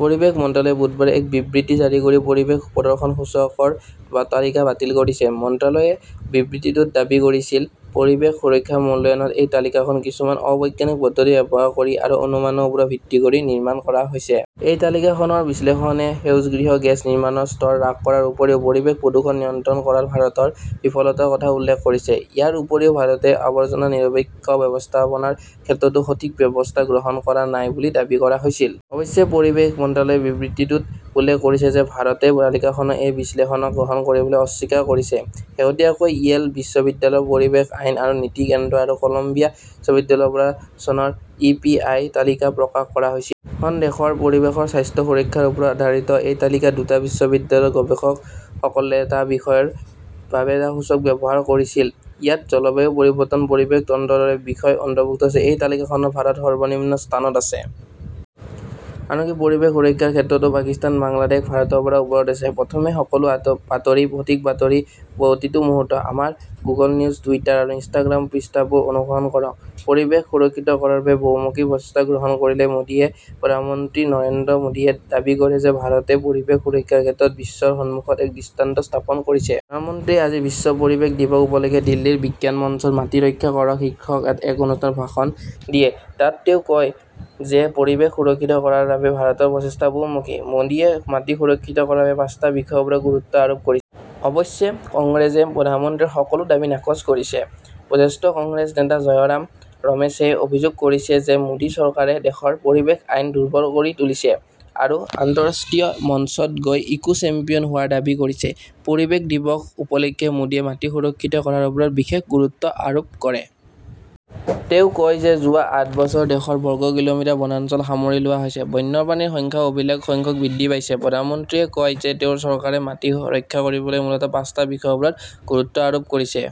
পৰিৱেশ মন্ত্ৰালয়ে বুধবাৰে এক বিবৃতি জাৰি কৰি 'পৰিৱেশ প্ৰদৰ্শন সূচক " ৰ তালিকা বাতিল কৰিছে। মন্ত্ৰালয়ে বিবৃতিটোত দাবী কৰিছিল, "পৰিৱেশ সুৰক্ষাৰ মূল্যায়নত এই তালিকাখন কিছুমান অ-বৈজ্ঞানিক পদ্ধতি ব্যৱহাৰ কৰি আৰু অনুমানৰ ওপৰত ভিত্তি কৰি নিৰ্মাণ কৰা হৈছে। " "এই তালিকাখনৰ বিশ্লেষণে সেউজগৃহ গেছ নিৰ্গমনৰ স্তৰ হ্ৰাস কৰাৰ উপৰিও পৰিৱেশ প্ৰদূষণ নিয়ন্ত্ৰণ কৰাত ভাৰতৰ বিফলতাৰ কথা উল্লেখ কৰিছে। ইয়াৰ উপৰিও, ভাৰতে আৱৰ্জনাৰ নিৰপেক্ষ ব্যৱস্থাপনাৰ ক্ষেত্ৰতো সঠিক ব্যৱস্থা গ্ৰহণ কৰা নাই বুলি দাবী কৰা হৈছিল। অৱশ্যে পৰিৱেশ মন্ত্ৰালয়ে বিবৃতিটোত উল্লেখ কৰিছে যে ভাৰতে তালিকাখনৰ এই বিশ্লেষণক গ্ৰহণ কৰিবলৈ অস্বীকাৰ কৰিছে। শেহতীয়াকৈ ইয়েল বিশ্ববিদ্যালয়ৰ পৰিৱেশ আইন আৰু নীতি কেন্দ্ৰ আৰু কলম্বিয়া বিশ্ববিদ্যালয়ৰ পৰা চনৰ ই. পি. আই. তালিকা প্ৰকাশ কৰা হৈছিল। খন দেশৰ পৰিৱেশৰ স্বাস্থ্য সুৰক্ষাৰ ওপৰত আধাৰিত এই তালিকাত দুটা বিশ্ববিদ্যালয়ৰ গৱেষকসকলে টা বিষয়ৰ বাবে টা সূচক ব্যৱহাৰ কৰিছিল। ইয়াত জলবায়ু পৰিৱৰ্তন, পৰিৱেশ তন্ত্ৰৰ দৰে বিষয় অন্তৰ্ভুক্ত আছে। এই তালিকাত ভাৰত সৰ্বনিম্ন স্থানত আছে। আনকি পৰিৱেশ সুৰক্ষাৰ ক্ষেত্ৰতো পাকিস্তান, বাংলাদেশ ভাৰতৰ পৰা ওপৰত আছে। প্ৰথমে সকলো বাতৰি, সঠিক বাতৰি, প্ৰতিটো মুহূৰ্ত। আমাৰ গুগল নিউজ, টুইটাৰ ইনষ্টাগ্ৰাম পৃষ্ঠাবোৰ অনুসৰণ কৰক। পৰিৱেশ সুৰক্ষিত কৰাৰ বাবে বহুমুখী প্ৰচেষ্টা গ্ৰহণ কৰিলে মোদীয়ে প্ৰধানমন্ত্ৰী নৰেন্দ্ৰ মোদীয়ে দাবী কৰে যে ভাৰতে পৰিৱেশ সুৰক্ষাৰ ক্ষেত্ৰত বিশ্বৰ সন্মুখত এক দৃষ্টান্ত স্থাপন কৰিছে। প্ৰধানমন্ত্ৰীয়ে আজি বিশ্ব পৰিৱেশ দিৱস উপলক্ষে দিল্লীৰ বিজ্ঞান মঞ্চত 'মাটি ৰক্ষা কৰক "শীৰ্ষক এক অনুষ্ঠানত ভাষণ দিয়ে। তাত তেওঁ কয় যে পৰিৱেশ সুৰক্ষিত কৰাৰ বাবে ভাৰতৰ প্ৰচেষ্টা বহুমুখী। মোদীয়ে মাটি সুৰক্ষিত কৰাৰ বাবে পাঁচটা বিষয়ৰ ওপৰত গুৰুত্ব আৰোপ কৰিছে। অৱশ্যে কংগ্ৰেছে প্ৰধানমন্ত্ৰীৰ সকলো দাবী নাকচ কৰিছে। জ্যেষ্ঠ কংগ্ৰেছ নেতা জয়ৰাম ৰমেশেই অভিযোগ কৰিছে যে মোদী চৰকাৰে দেশৰ পৰিৱেশ আইন দুৰ্বল কৰি তুলিছে। আৰু আন্তঃৰাষ্ট্ৰীয় মঞ্চত গৈ 'ইকো-চেম্পিয়ন "হোৱাৰ দাবী কৰিছে। পৰিৱেশ দিৱস উপলক্ষে মোদীয়ে মাটি সুৰক্ষিত কৰাৰ ওপৰত বিশেষ গুৰুত্ব আৰোপ কৰে। তেওঁ কয় যে যোৱা আঠ বছৰত দেশৰ বৰ্গ কিলোমিটাৰ বনাঞ্চল সামৰি লোৱা হৈছে। বন্যপ্ৰাণীৰ সংখ্যাও অভিলেখ সংখ্যক বৃদ্ধি পাইছে। প্ৰধানমন্ত্ৰীয়ে কয় যে তেওঁৰ চৰকাৰে মাটি ৰক্ষা কৰিবলৈ মূলতঃ পাঁচটা বিষয়ৰ ওপৰত গুৰুত্ব আৰোপ কৰিছে।